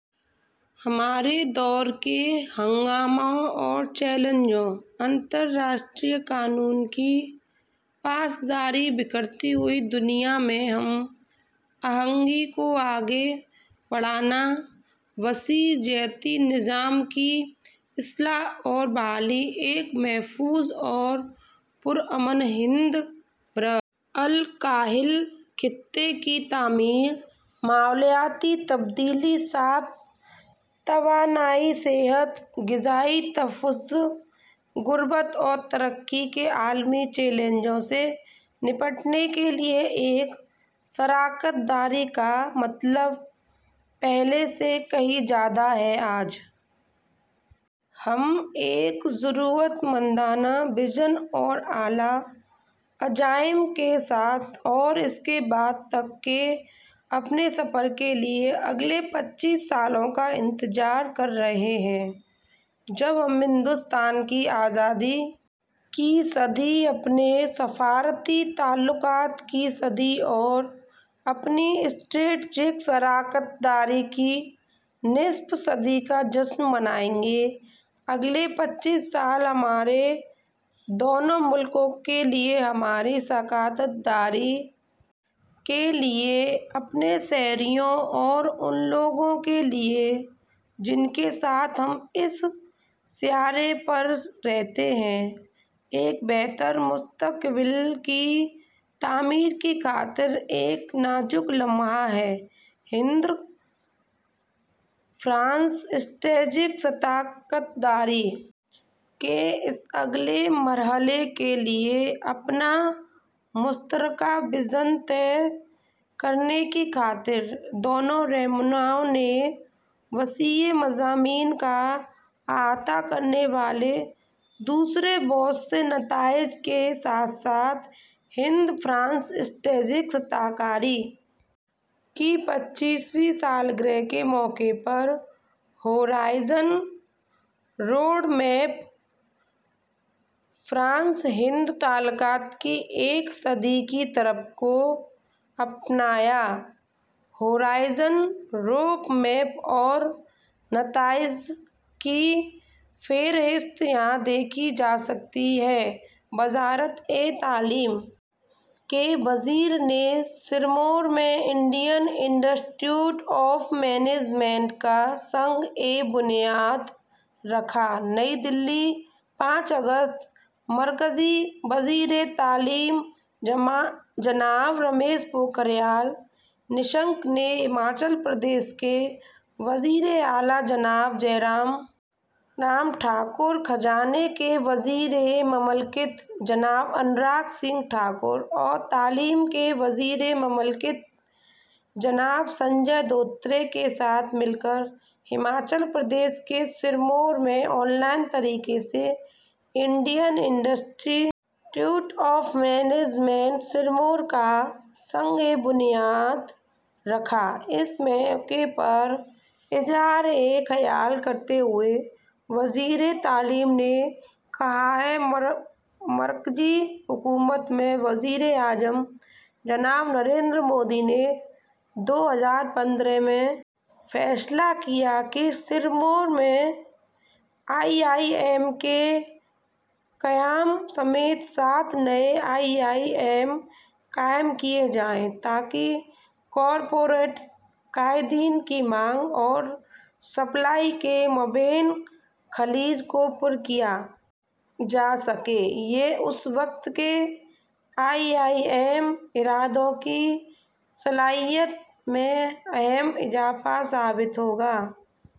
ہمارے دور کے ہنگاموں اور چیلنجوں بین الاقوامی قانون کی پاسداری بکھرتی ہوئی دنیا میں ہم آہنگی کو آگے بڑھانا کثیر الجہتی نظام کی اصلاح اور بحالی ایک محفوظ اور پرامن ہند بحر الکاہل خطے کی تعمیر ماحولیاتی تبدیلی صاف توانائی صحت غذائی تحفظ غربت اور ترقی کے عالمی چیلنجوں سے نمٹنے کے لیے میں اس شراکت داری کا مطلب پہلے سے کہیں زیادہ ہے آج ہم ایک جرات مندانہ وژن اور اعلی عزائم کے ساتھ اور اس کے بعد تک کے اپنے سفر کے لیے اگلے پچیس سالوں کا انتظار کر رہے ہیں جب ہم ہندوستان کی آزادی کی صد سالہ اپنے سفارتی تعلقات کی صد سالہ اور اپنی اسٹریٹجک شراکت داری کی نصف صدی کا جشن منائیں گے اگلے پچیس سال ہمارے دونوں ممالک کے لیے اور ہماری شراکت داری کے لیے اپنے شہریوں اور ان لوگوں کے لیے جن کے ساتھ ہم اس سیارے پر رہتے ہیں ایک بہتر مستقبل کی تعمیر کی خاطر ایک نازک لمحہ ہیں ہند فرانس اسٹریٹجک پارٹنرشپ کے اس اگلے مرحلے کے لیے اپنا مشترکہ وژن طے کرنے کی خاطر دونوں رہنماؤں نے وسیع علاقوں کا احاطہ کرنے والے دوسرے بہت سے نتائج کے ساتھ ساتھ ہند فرانس اسٹریٹجک پارٹنرشپ کی پچیسویں سالگرہ کے موقع پر horizon road map France Hind تعلقات کی ایک صدی کی طرف کو اپنایا ہورائزن روڈ میپ اور نتائج کی فہرست یہاں دیکھی جا سکتی ہے وزارت تعلیم کے وزیر نے سرمور میں Indian institute of management کا سنگ بنیاد رکھا نئی دہلی پانچ اگست مرکزی وزیر تعلیم جناب رمیش پوکھریال نشنک نے ہماچل پردیش کے وزیر اعلیٰ جناب جے رام ٹھاکر خزانہ کے وزیر مملکت جناب انوراگ سنگھ ٹھاکر اور تعلیم کے وزیر مملکت جناب سنجے دھوترے کے ساتھ مل کر ہماچل پردیش کے سرمور میں آن لائن طریقے سے Indian institute of management Sirmaur کا سنگ بنیاد رکھا اس موقع پر اظہار خیال کرتے ہوئے وزیر تعلیم نے کہا کہ مرکزی حکومت میں وزیر اعظم جناب نریندر مودی نے دو ہزار پندرہ میں فیصلہ کیا تھا کہ سرمور میں آئی آئی ایم کے قیام سمیت سات نئے آئی آئی ایم قائم کیے جائیں تاکہ کارپوریٹ قائدین کی مانگ اور سپلائی کے مابین خلیج کو پر کیا جا سکے یہ اس وقت کے آئی آئی ایم اداروں کی صلاحیت میں اہم اضافہ ثابت ہوگا